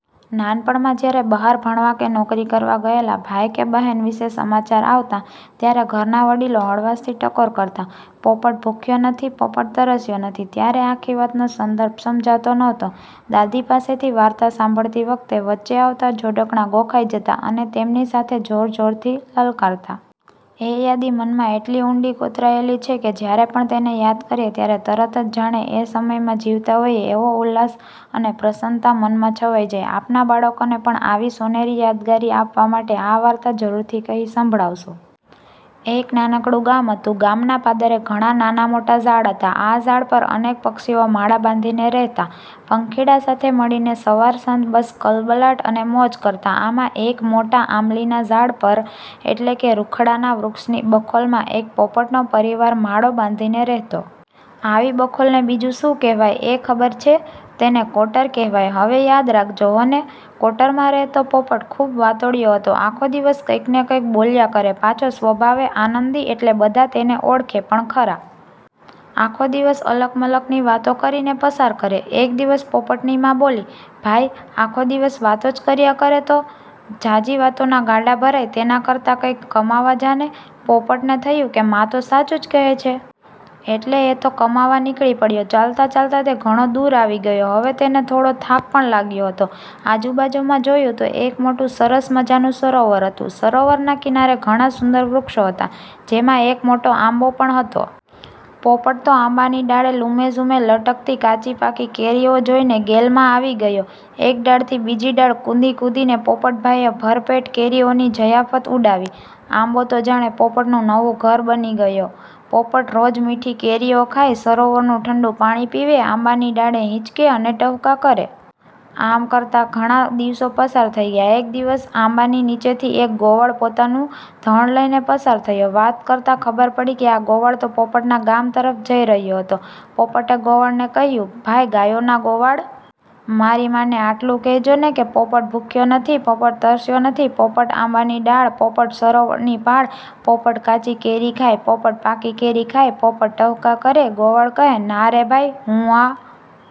નાનપણમાં જ્યારે બહાર ભણવા કે નોકરી કરવા ગયેલા ભાઈ કે બહેન વિશે સમાચાર આવતા, ત્યારે ઘરના વડીલો હળવાશથી ટકોર કરતા, “પોપટ ભૂખ્યો નથી, પોપટ તરસ્યો નથી.” ત્યારે આખી વાતનો સંદર્ભ સમજાતો નહોતો. દાદી પાસેથી વાર્તા સાંભળતી વખતે વચ્ચે આવતા જોડકણાં ગોખાઈ જતા અને તેમની સાથે જોરજોરથી લલકારતા. એ યાદી મનમાં એટલી ઊંડી કોતરાયેલી છે કે જ્યારે પણ તેને યાદ કરીએ, ત્યારે તરત જ જાણે એ સમયમાં જીવતા હોઈએ એવો ઉલ્લાસ અને પ્રસન્નતા મનમાં છવાઈ જાય. આપના બાળકોને પણ આવી સોનેરી યાદગીરી આપવા માટે આ વાર્તા જરૂરથી કહી સંભળાવશો. એક નાનકડું ગામ હતું. ગામના પાદરે ઘણાં નાનાં-મોટાં ઝાડ હતાં. આ ઝાડ પર અનેક પક્ષીઓ માળા બાંધીને રહેતા. પંખીડાં સાથે મળીને સવાર-સાંજ બસ કલબલાટ અને મોજ કરતા. આમાં એક મોટા આમલીના ઝાડ એટલે કે રૂખડાના વૃક્ષની બખોલમાં એક પોપટનો પરિવાર માળો બાંધીને રહેતો. આવી બખોલને બીજું શું કહેવાય એ ખબર છે? તેને “કોટર” કહેવાય. હવે યાદ રાખજો હોં ને! કોટરમાં રહેતો પોપટ ખૂબ વાતોડિયો હતો. આખો દિવસ કંઈક ને કંઈક બોલ્યા કરે. પાછો સ્વભાવે આનંદી, એટલે બધા તેને ઓળખે પણ ખરા. આખો દિવસ અલક-મલકની વાતો કરીને પસાર કરે. એક દિવસ પોપટની મા બોલી, “ભાઈ, આખો દિવસ વાતો જ કર્યા કરે તો? ઝાઝી વાતોનાં ગાડાં ભરાય તેના કરતાં કંઈક કમાવા જા ને!” પોપટને થયું કે મા તો સાચું જ કહે છે. એટલે એ તો કમાવા નીકળી પડ્યો. ચાલતાં-ચાલતાં તે ઘણો દૂર આવી ગયો. હવે તેને થોડો થાક પણ લાગ્યો હતો. આજુબાજુમાં જોયું તો એક મોટું, સરસ મજાનું સરોવર હતું. સરોવરના કિનારે ઘણાં સુંદર વૃક્ષો હતાં, જેમાં એક મોટો આંબો પણ હતો. પોપટ તો આંબાની ડાળે લૂમેઝૂમે લટકતી કાચી-પાકી કેરીઓ જોઈને ગેલમાં આવી ગયો. એક ડાળથી બીજી ડાળ કૂદી-કૂદીને પોપટભાઈએ ભરપેટ કેરીઓની જયાફત ઉડાવી. આંબો તો જાણે પોપટનું નવું ઘર બની ગયો. પોપટ રોજ મીઠી કેરીઓ ખાય, સરોવરનું ઠંડું પાણી પીવે, આંબાની ડાળે હિંચકે અને ટહુકા કરે. આમ કરતાં ઘણાં દિવસો પસાર થઈ ગયા. એક દિવસ આંબાની નીચેથી એક ગોવાળ પોતાનું ધણ લઈને પસાર થયો. વાત કરતાં ખબર પડી કે આ ગોવાળ તો પોપટના ગામ તરફ જઈ રહ્યો હતો. પોપટે ગોવાળને કહ્યું, “ભાઈ ગાયોના ગોવાળ! મારી મા ને આટલું કહેજે ને કે, ‘પોપટ ભૂખ્યો નથી, પોપટ તરસ્યો નથી, પોપટ આંબાની ડાળ, પોપટ સરોવરની પાળ. પોપટ કાચી કેરી ખાય, પોપટ પાકી કેરી ખાય, પોપટ ટહૂકા કરે!’” ગોવાળ કહે, “ના રે ભાઈ, હું આ...